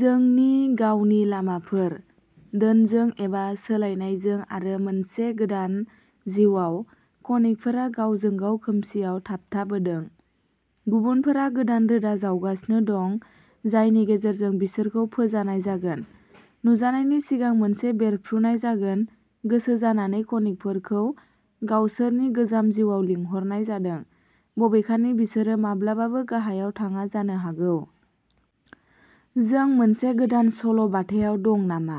जोंनि गावनि लामाफोर, धोनजों, एबा सोलायनायजों, आरो मोनसे गोदान जिउआव। खनिकफोरा गावजों-गाव खोमसिआव थाबथाबोदों। गुबुनफोरा गोदान रोदा जावगासिनो दं जायनि गेजेरजों बिसोरखौ फोजानाय जागोन। नुजानायनि सिगां, मोनसे बेरफ्रुनाय जागोन, गोसोजानानै। खनिकफोरखौ गावसोरनि गोजाम जिउआव लिंहरनाय जादों, बबेखानि बिसोरो माब्लाबाबो गाहायाव थाङा जानो हागौ। जों मोनसे गोदान सल' बाथायाव दं नामा?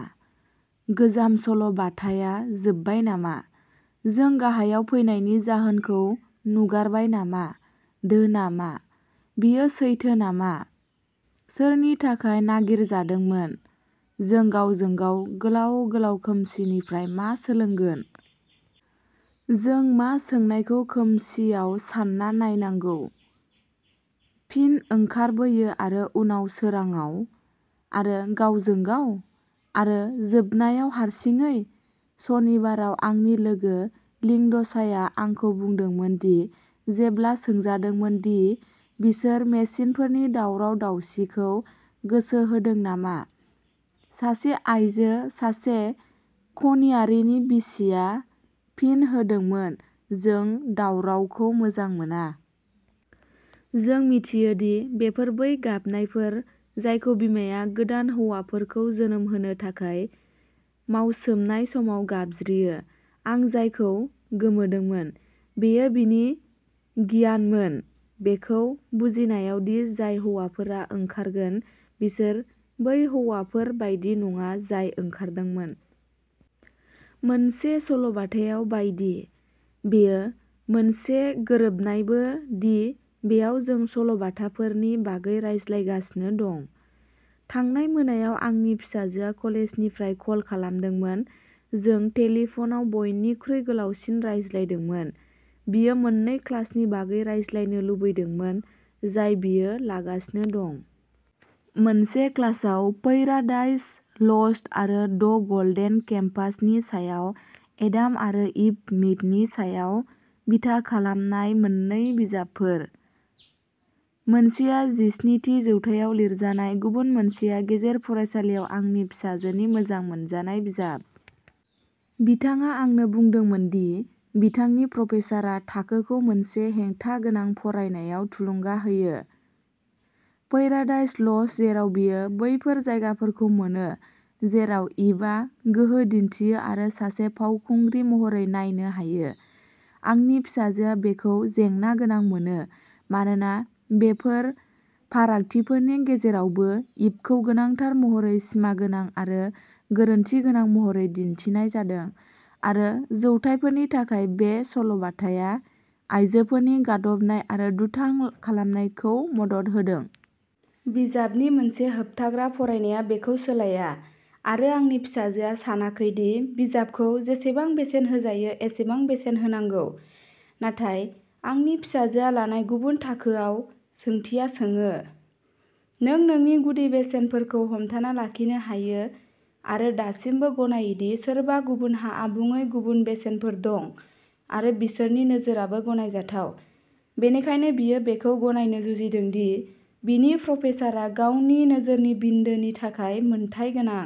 गोजाम सल' बाथाया जोबबाय नामा? जों गाहायाव फैनायनि जाहोनखौ नुगारबाय नामा? धोनआ मा? बेयो सैथो नामा? सोरनि थाखाय नागिरजादोंमोन? जों गावजों-गाव गोलाव, गोलाव खोमसिनिफ्राय मा सोलोंगोन? जों मा सोंनायखौ खोमसिआव सानना नायनांगौ, फिन ओंखारबोयो आरो उनाव सोरांआव? आरो गावजों-गाव? आरो, जोबनायाव, हारसिङै? सनिबाराव, आंनि लोगो लिंडसाया आंखौ बुंदोंमोन दि जेब्ला सोंजादोंमोन दि बिसोर मेसिनफोरनि दावराव-दावसिखौ गोसो होदों नामा, सासे आइजो, सासे खनियारिनि बिसिआ फिन होदोंमोन जों दावरावखौ मोजां मोना। जों मिथियो दि बेफोर बै गाबनायफोर जायखौ बिमाया गोदान हौवाफोरखौ जोनोम होनो थाखाय मावसोमनाय समाव गाबज्रियो। आं जायखौ गोमोदोंमोन बेयो बिनि गियानमोन बेखौ बुजिनायाव दि जाय हौवाफोरा ओंखारगोन बिसोर बै हौवाफोर बायदि नङा जाय ओंखारदोंमोन। मोनसे सल'बाथायाव बायदि। बेयो मोनसे गोरोबनायबो दि बेयाव जों सल'बाथाफोरनि बागै रायज्लायगासिनो दं। थांनाय मोनायाव आंनि फिसाजोआ कलेजनिफ्राय कल खालामदोंमोन। जों टेलिफनाव बयनिख्रुइ गोलावसिन रायज्लायदोंमोन। बियो मोननै क्लासनि बागै रायज्लायनो लुबैदोंमोन, जाय बियो लागासिनो दं। मोनसे क्लासआ पैराडाइज लस्ट आरो द गल्डेन केम्पास नि सायाव, एडाम आरो इभ मिथनि सायाव बिथा खालामनाय मोन्नै बिजाबफोर, मोनसेया जिस्नि थि जौथायाव लिरजानाय, गुबुन मोनसेया गेजेर फरायसालिआव आंनि फिसाजोनि मोजां मोनजानाय बिजाब। बिथाङा आंनो बुंदोंमोन दि बिथांनि प्रफेसारआ थाखोखौ मोनसे हेंथा गोनां फरायनायाव थुलुंगा होयो। पैराडाइज लस्ट जेराव बिसोर बैफोर जायगाफोरखौ मोनो जेराव इभआ गोहो दिन्थियो आरो सासे फावखुंग्रि महरै नायनो हायो। आंनि फिसाजोआ बेखौ जेंना गोनां मोनो, मानोना, बेफोर फारागथिफोरनि गेजेरावबो, इभखौ गोनांथार महरै सिमागोनां आरो गोरोन्थि गोनां महरै दिन्थिनाय जादों, आरो जौथायफोरनि थाखाय बे सल'बाथाया आइजोफोरनि गादबनाय आरो दुथां खालामनायखौ मदद होदों। बिजाबनि मोनसे होबथाग्रा फरायनाया बेखौ सोलाया, आरो आंनि फिसाजोआ सानाखै दि बिजाबखौ जेसेबां बेसेन होजायो एसेबां बेसेन होनांगौ। नाथाय आंनि फिसाजोआ लानाय गुबुन थाखोयाव, सोंथिया सोङो नों नोंनि गुदि बेसेनफोरखौ हमथाना लाखिनो हायो आरो दासिमबो गनायो दि सोरबा गुबुनहा आबुङै गुबुन बेसेनफोर दं आरो बिसोरनि नोजोरआबो गनायजाथाव बेनिखायनो बियो बेखौ गनायनो जुजिदों दि बिनि प्रफेसारआ गावनि नोजोरनि बिन्दोनि थाखाय मोनथाय गोनां।